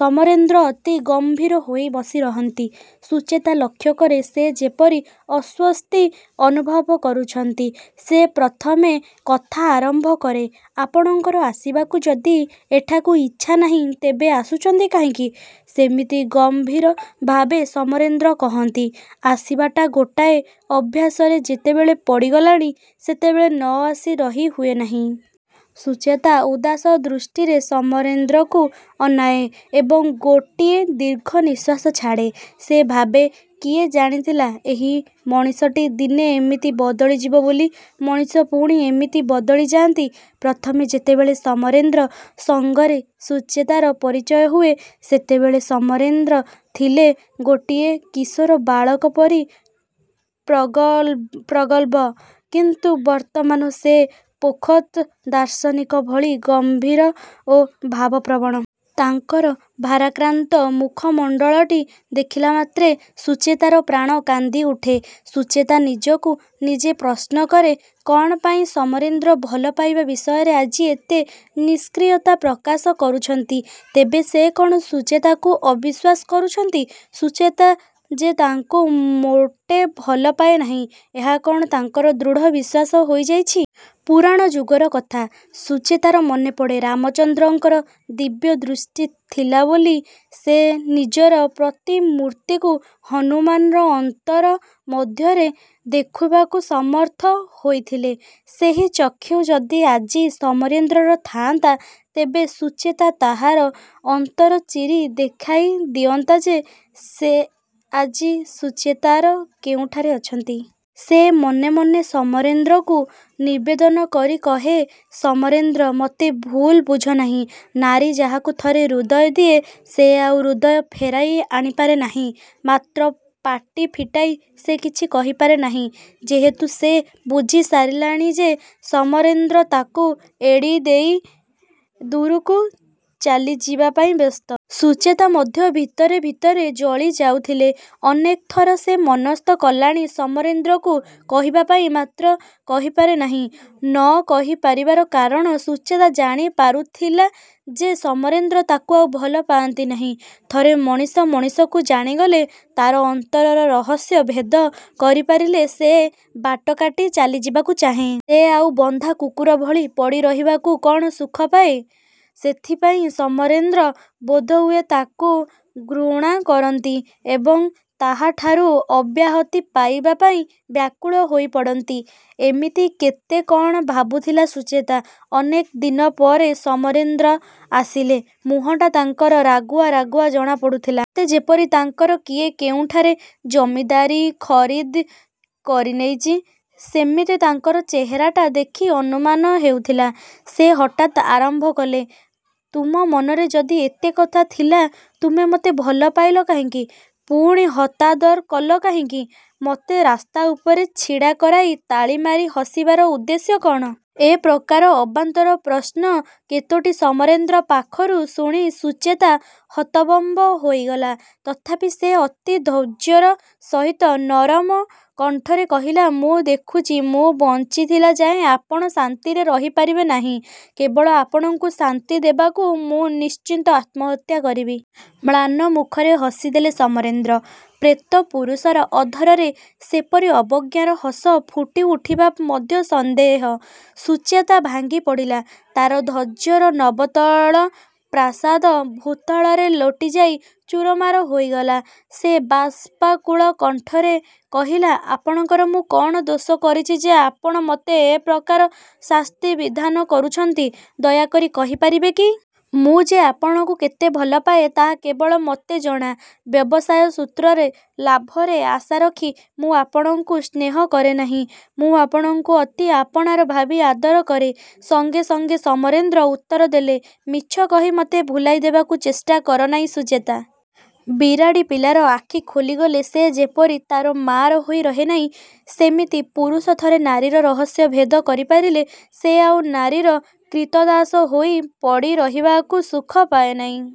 ସମରେନ୍ଦ୍ର ଅତି ଗମ୍ଭୀର ହୋଇ ବସିରହନ୍ତି। ସୁଚେତା ଲକ୍ଷ୍ୟ କରେ ସେ ଯେପରି ଅସ୍ୱସ୍ତି ଅନୁଭବ କରୁଛନ୍ତି। ସେ ପ୍ରଥମେ କଥା ଆରମ୍ଭ କରେ ''ଆପଣଙ୍କର ଆସିବାକୁ ଯଦି ଏଠାକୁ ଇଚ୍ଛା ନାହିଁ ତେବେ ଆସୁଛନ୍ତି କାହିଁକି? '' ସେମିତି ଗମ୍ଭୀର ଭାବେ ସମରେନ୍ଦ୍ର କହନ୍ତି ''ଆସିବାଟା ଗୋଟାଏ ଅଭ୍ୟାସରେ ଯେତେବେଳେ ପଡ଼ିଗଲାଣି ସେତେବେଳେ ନ ଆସି ରହି ହୁଏ ନାହିଁ। '' ସୁଚେତା ଉଦାସ ଦୃଷ୍ଟିରେ ସମରେନ୍ଦ୍ରକୁ ଅନାଏ; ଏବଂ ଗୋଟିଏ ଦୀର୍ଘ ନିଶ୍ୱାସ ଛାଡ଼େ। ସେ ଭାବେ କିଏ ଜାଣିଥିଲା ଏହି ମଣିଷଟି ଦିନେ ଏମିତି ବଦଳିଯିବ ବୋଲି। ମଣିଷ ପୁଣି ଏମିତି ବଦଳି ଯାଆନ୍ତି? ପ୍ରଥମେ ଯେତେବେଳେ ସମରେନ୍ଦ୍ର ସଙ୍ଗରେ ସୁଚେତାର ପରିଚୟ ହୁଏ ସେତେବେଳେ ସମରେନ୍ଦ୍ର ଥିଲେ ଗୋଟିଏ କିଶୋର ବାଳକ ପରି ପ୍ରଗଳ୍ଭ କିନ୍ତୁ ବର୍ତ୍ତମାନ ସେ ପୋଖତ୍ ଦାର୍ଶନିକ ଭଳି ଗମ୍ଭୀର ଓ ଭାବପ୍ରବଣ। ତାଙ୍କର ଭାରାକ୍ରାନ୍ତ ମୁଖମଣ୍ଡଳଟି ଦେଖିଲା ମାତ୍ରେ ସୁଚେତାର ପ୍ରାଣ କାନ୍ଦିଉଠେ। ସୁଚେତା ନିଜକୁ ନିଜେ ପ୍ରଶ୍ନ କରେ କ'ଣ ପାଇଁ ସମରେନ୍ଦ୍ର ଭଲ ପାଇବା ବିଷୟରେ ଆଜି ଏତେ ନିଷ୍କ୍ରିୟତା ପ୍ରକାଶ କରୁଛନ୍ତି? ତେବେ ସେ କ'ଣ ସୁଚେତାକୁ ଅବିଶ୍ୱାସ କରୁଛନ୍ତି? ସୁଚେତା ଯେ ତାଙ୍କୁ ମୋଟେ ଭଲପାଏ ନାହିଁ, ଏହା କ'ଣ ତାଙ୍କର ଦୃଢ଼ ବିଶ୍ୱାସ ହୋଇଯାଇଛି। ପୁରାଣ ଯୁଗର କଥା ସୁଚେତାର ମନେପଡ଼େ। ରାମଚନ୍ଦ୍ରଙ୍କର ଦିବ୍ୟ ଦୃଷ୍ଟି ଥିଲାବୋଲି ସେ ନିଜର ପ୍ରତିମୂର୍ତ୍ତିକୁ ହନୁମାନର ଅନ୍ତର ମଧ୍ୟରେ ଦେଖୁବାକୁ ସମର୍ଥ ହୋଇଥିଲେ। ସେହି ଚକ୍ଷୁ ଯଦି ଆଜି ସମରେନ୍ଦ୍ରର ଥାଆନ୍ତା ତେବେ ସୁଚେତା ତାହାର ଅନ୍ତର ଚିରି ଦେଖାଇ ଦିଅନ୍ତା ସେ ଆଜି ସୁଚେତାର କେଉଁଠାରେ ଅଛନ୍ତି। ସେ ମନେମନେ ସମରେନ୍ଦ୍ରକୁ ନିବେଦନ କରି କହେ ସମରେନ୍ଦ୍ର! ମୋତେ ଭୁଲ ବୁଝନାହିଁ। ନାରୀ ଯାହାକୁ ଥରେ ହୃଦୟ ଦିଏ ସେ ଆଉ ହୃଦୟ ଫେରାଇ ଆଣିପାରେ ନାହିଁ। ମାତ୍ର ପାଟି ଫିଟାଇ ସେ କିଛି କହିପାରେ ନାହିଁ, ଯେହେତୁ ସେ ବୁଝିସାରିଲାଣି ଯେ ସମରେନ୍ଦ୍ର ତାକୁ ଏଡ଼ିଦେଇ ଦୂରକୁ ଚାଲିଯିବା ପାଇଁ ବ୍ୟସ୍ତ। ସୁଚେତା ମଧ୍ୟ ଭିତରେ ଭିତରେ ଜଳି ଯାଉଥିଲେ। ଅନେକ ଥର ସେ ମନସ୍ଥ କଲାଣି ସମରେନ୍ଦ୍ରକୁ କହିବା ପାଇଁ ମାତ୍ର କହିପାରେ ନାହିଁ। ନ କହିପାରିବାର କାରଣ ସୁଚେତା ଜାଣି ପାରୁଥିଲା ଯେ ସମରେନ୍ଦ୍ର ତାକୁ ଆଉ ଭଲ ପାଆନ୍ତି ନାହିଁ। ଥରେ ମଣିଷ ମଣିଷକୁ ଜାଣିଗଲେ, ତା'ର ଅନ୍ତରର ରହସ୍ୟ ଭେଦ କରିପାରିଲେ ସେ ବାଟକାଟି ଚାଲିଯିବାକୁ ଚାହେଁ। ସେ ଆଉ ବନ୍ଧା କୁକୁର ଭଳି ପଡ଼ିରହିବାକୁ କ'ଣ ସୁଖପାଏ? ସେଥିପାଇଁ ସମରେନ୍ଦ୍ର ବୋଧହୁଏ ତାକୁ ଘୃଣା କରନ୍ତି ଏବଂ ତାହାଠାରୁ ଅବ୍ୟାହତି ପାଇବା ପାଇଁ ବ୍ୟାକୁଳ ହୋଇପଡ଼ନ୍ତି। ଏମିତି କେତେ କ'ଣ ଭାବୁଥିଲା ସୁଚେତା। ଅନେକ ଦିନପରେ ସମରେନ୍ଦ୍ର ଆସିଲେ। ମୁହଁଟା ତାଙ୍କର ରାଗୁଆ ରାଗୁଆ ଜଣାପଡ଼ୁଥିଲା। ସତେଯେପରି ତାଙ୍କର କିଏ କେଉଁଠାରେ ଜମିଦାରୀ ଖରିଦ୍ କରିନେଇଛି, ସେମିତି ତାଙ୍କର ଚେହେରାଟା ଦେଖି ଅନୁମାନ ହେଉଥିଲା। ସେ ହଠାତ୍ ଆରମ୍ଭ କଲେ ''ତୁମ ମନରେ ଯଦି ଏତେକଥା ଥିଲା ତୁମେ ମୋତେ ଭଲ ପାଇଲ କାହିଁକି? ପୁଣି ହତାଦର କଲ କାହିଁକି? ମୋତେ ରାସ୍ତା ଉପରେ ଛିଡ଼ା କରାଇ ତାଳିମାରି ହସିବାର ଉଦ୍ଦେଶ୍ୟ କ'ଣ? '' ଏ ପ୍ରକାର ଅବାନ୍ତର ପ୍ରଶ୍ନ କେତୋଟି ସମରେନ୍ଦ୍ର ପାଖରୁ ଶୁଣି ସୁଚେତା ହତବମ୍ୱ ହୋଇଗଲା। ତଥାପି ସେ ଅତି ଧୈର୍ଯ୍ୟର ସହିତ ନରମ କଣ୍ଠରେ କହିଲା ''ମୁଁ ଦେଖୁଛି ମୁଁ ବଞ୍ଚିଥିଲା ଯାଏ ଆପଣ ଶାନ୍ତିରେ ରହିପାରିବେ ନାହିଁ। କେବଳ ଆପଣଙ୍କୁ ଶାନ୍ତି ଦେବାକୁ ମୁଁ ନିଶ୍ଚୟ ଆତ୍ମହତ୍ୟା କରିବି। '' ମ୍ଳାନ ମୁଖରେ ହସିଦେଲେ ସମରେନ୍ଦ୍ର। ପ୍ରେତ ପୁରୁଷର ଅଧରରେ ସେପରି ଅବଜ୍ଞାର ହସ ଫୁଟିଉଠିବା ମଧ୍ୟ ସନ୍ଦେହ। ସୁଚେତା ଭାଙ୍ଗିପଡ଼ିଲା। ତା'ର ଧୈର୍ଯ୍ୟର ନବତଳ ପ୍ରାସାଦ ଭୂତଳରେ ଲୋଟିଯାଇ ଚୂରମାର ହୋଇଗଲା। ସେ ବାଷ୍ପାକୁଳ କଣ୍ଠରେ କହିଲା ''ଆପଣଙ୍କର ମୁଁ କ'ଣ ଦୋଷ କରିଛି ଯେ ଆପଣ ମୋତେ ଏ ପ୍ରକାର ଶାସ୍ତି ବିଧାନ କରୁଛନ୍ତି, ଦୟାକରି କହି ପାରିବେ କି? ମୁଁ ଯେ ଆପଣଙ୍କୁ କେତେ ଭଲପାଏ ତାହା କେବଳ ମୋତେ ଜଣା। ବ୍ୟବସାୟ ସୂତ୍ରରେ ଲାଭରେ ଆଶାରଖି ମୁଁ ଆପଣଙ୍କୁ ସ୍ନେହ କରେନାହିଁ, ମୁଁ ଆପଣଙ୍କୁ ଅତି ଆପଣାର ଭାବି ଆଦର କରେ। '' ସଙ୍ଗେ ସଙ୍ଗେ ସମରେନ୍ଦ୍ର ଉତ୍ତରଦେଲେ ''ମିଛ କହି ମୋତେ ଭୁଲାଇ ଦେବାକୁ ଚେଷ୍ଟା କରନାହିଁ ସୁଚେତା। ବିରାଡ଼ି ପିଲାର ଆଖି ଖୋଲିଗଲେ ସେ ଯେପରି ତା'ର ମାଆର ହୋଇ ରହେନାହିଁ ସେମିତି ପୁରୁଷ ଥରେ ନାରୀର ରହସ୍ୟ ଭେଦ କରିପାରିଲେ ସେ ଆଉ ନାରୀର କ୍ରୀତଦାସ ହୋଇ ପଡ଼ିରହିବାକୁ ସୁଖ ପାଏ ନାହିଁ।